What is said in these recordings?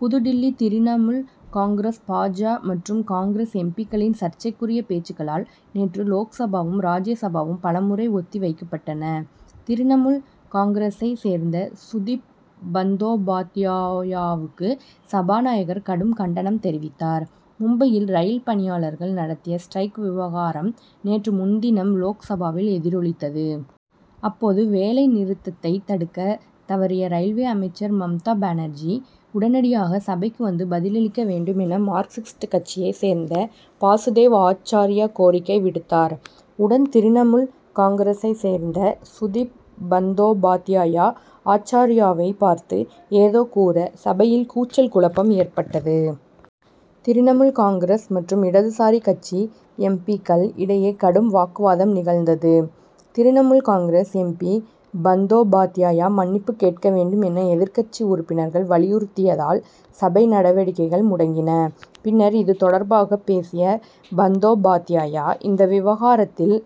புதுடில்லி திரிணமுல் காங்கிரஸ் பா. ஜ. மற்றும் காங்கிரஸ் எம். பி.க்களின் சர்ச்சைக்குரிய பேச்சுக்களால் நேற்று லோக்சபாவும் ராஜ்ய சபாவும் பல முறை ஒத்தி வைக்கப்பட்டன. திரிணமுல் காங்கிரசைச் சேர்ந்த சுதிப் பந்தோபாத்யாயாவுக்கு சபாநாயகர் கடும் கண்டனம் தெரிவித்தார். மும்பையில் ரயில் பணியாளர்கள் நடத்திய ஸ்டிரைக் விவகாரம் நேற்று முன்தினம் லோக்சபாவில் எதிரொலித்தது. அப்போது வேலை நிறுத்தத்தை தடுக்கத் தவறிய ரயில்வே அமைச்சர் மம்தா பானர்ஜி உடனடியாக சபைக்கு வந்து பதிலளிக்க வேண்டும் என மார்க்சிஸ்ட் கட்சியைச் சேர்ந்த பாசுதேவ் ஆச்சார்யா கோரிக்கை விடுத்தார். உடன் திரிணமுல் காங்கிரசைச் சேர்ந்த சுதிப் பந்தோபாத்யாயா ஆச்சார்யாவைப் பார்த்து ஏதோ கூற சபையில் கூச்சல் குழப்பம் ஏற்பட்டது. திரிணமுல் காங்கிரஸ் மற்றும் இடதுசாரி கட்சி எம். பி.க்கள் இடையே கடும் வாக்குவாதம் நிகழ்ந்தது. திரிணமுல் காங்கிரஸ் எம். பி. பந்தோபாத்யாயா மன்னிப்பு கேட்க வேண்டும் என எதிர்க்கட்சி உறுப்பினர்கள் வலியுறுத்தியதால் சபை நடவடிக்கைகள் முடங்கின. பின்னர் இது தொடர்பாக பேசிய பந்தோபாத்யாயா இந்த விவகாரத்தில்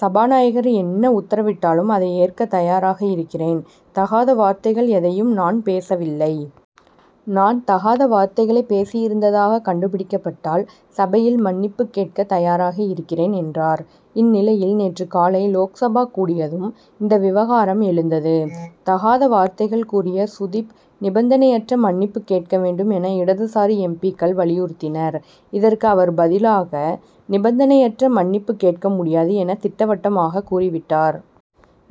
சபாநாயகர் என்ன உத்தரவிட்டாலும் அதை ஏற்க தயாராக இருக்கிறேன் தகாத வார்த்தைகள் எதையும் நான் பேசவில்லை. நான் தகாத வார்த்தைகளை பேசியிருந்ததாக கண்டுபிடிக்கப்பட்டால் சபையில் மன்னிப்பு கேட்கத் தயாராக இருக்கிறேன் என்றார். இந்நிலையில் நேற்று காலை லோக்சபா கூடியதும் இந்த விவகாரம் எழுந்தது. தகாத வார்த்தைகள் கூறிய சுதிப் நிபந்தனையற்ற மன்னிப்பு கேட்க வேண்டும் என இடதுசாரி எம். பி.க்கள் வலியுறுத்தினர். இதற்கு அவர் பதிலாக நிபந்தனையற்ற மன்னிப்பு கேட்க முடியாது என திட்டவட்டமாகக் கூறிவிட்டார்.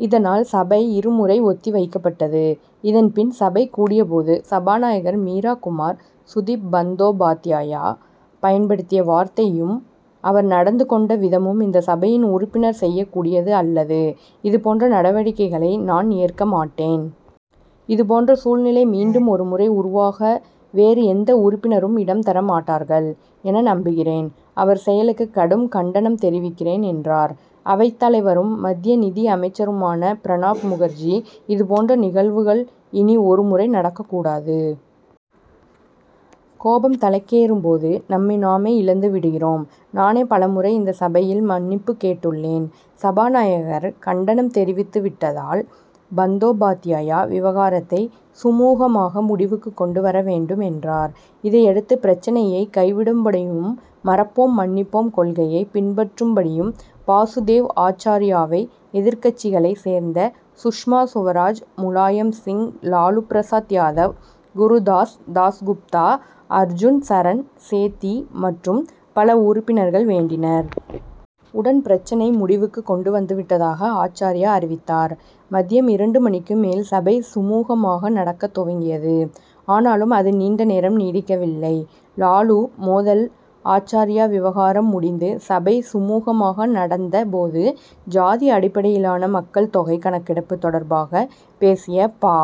இதனால் சபை இரு முறை ஒத்தி வைக்கப்பட்டது. இதன் பின் சபை கூடியபோது சபாநாயகர் மீரா குமார் சுதிப் பந்தோபாத்யாயா பயன்படுத்திய வார்த்தையும் அவர் நடந்து கொண்ட விதமும் இந்த சபையின் உறுப்பினர் செய்யக் கூடியது அல்லது இது போன்ற நடவடிக்கைகளை நான் ஏற்க மாட்டேன். இது போன்ற சூழ்நிலை மீண்டும் ஒரு முறை உருவாக வேறு எந்த உறுப்பினரும் இடம் தர மாட்டார்கள் என நம்புகிறேன். அவர் செயலுக்கு கடும் கண்டனம் தெரிவிக்கிறேன் என்றார். அவைத் தலைவரும் மத்திய நிதி அமைச்சருமான பிரணாப் முகர்ஜி இதுபோன்ற நிகழ்வுகள் இனி ஒரு முறை நடக்கக்கூடாது. கோபம் தலைக்கேறும் போது நம்மை நாமே இழந்து விடுகிறோம். நானே பல முறை இந்த சபையில் மன்னிப்பு கேட்டுள்ளேன். சபாநாயகர் கண்டனம் தெரிவித்து விட்டதால் பந்தோபாத்யாயா விவகாரத்தை சுமூகமாக முடிவுக்கு கொண்டு வர வேண்டும் என்றார். இதையடுத்து பிரச்னையை கைவிடும்படியும் மறப்போம் மன்னிப்போம் கொள்கையை பின்பற்றும்படியும் பாசுதேவ் ஆச்சார்யாவை எதிர்க்கட்சிகளைச் சேர்ந்த சுஷ்மா சுவராஜ் முலாயம் சிங் லாலு பிரசாத் யாதவ் குருதாஸ் தாஸ் குப்தா அர்ஜுன் சரண் சேத்தி மற்றும் பல உறுப்பினர்கள் வேண்டினர். உடன் பிரச்னை முடிவுக்கு கொண்டு வந்துவிட்டதாக ஆச்சார்யா அறிவித்தார். மதியம் இரண்டு மணிக்கு மேல் சபை சுமூகமாக நடக்கத் துவங்கியது. ஆனாலும் அது நீண்ட நேரம் நீடிக்கவில்லை. லாலு மோதல் ஆச்சார்யா விவகாரம் முடிந்து சபை சுமூகமாக நடந்த போது ஜாதி அடிப்படையிலான மக்கள் தொகை கணக்கெடுப்பு தொடர்பாக பேசிய பா.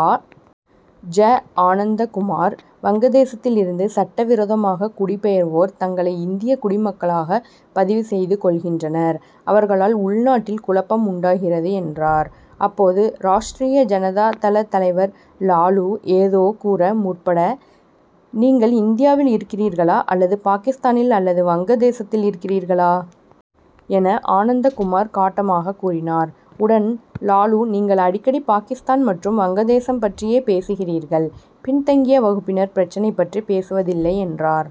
ஜ. ஆனந்தகுமார் வங்கதேசத்தில் இருந்து சட்ட விரோதமாக குடிபெயர்வோர் தங்களை இந்திய குடிமக்களாக பதிவு செய்து கொள்கின்றனர். அவர்களால் உள்நாட்டில் குழப்பம் உண்டாகிறது என்றார். அப்போது ராஷ்டிரிய ஜனதா தள தலைவர் லாலு ஏதோ கூற முற்பட நீங்கள் இந்தியாவில் இருக்கிறீர்களா அல்லது பாகிஸ்தானில் அல்லது வங்கதேசத்தில் இருக்கிறீர்களா? என ஆனந்தகுமார் காட்டமாகக் கூறினார். உடன் லாலு நீங்கள் அடிக்கடி பாகிஸ்தான் மற்றும் வங்கதேசம் பற்றியே பேசுகிறீர்கள் பின்தங்கிய வகுப்பினர் பிரச்னை பற்றி பேசுவதில்லை என்றார்.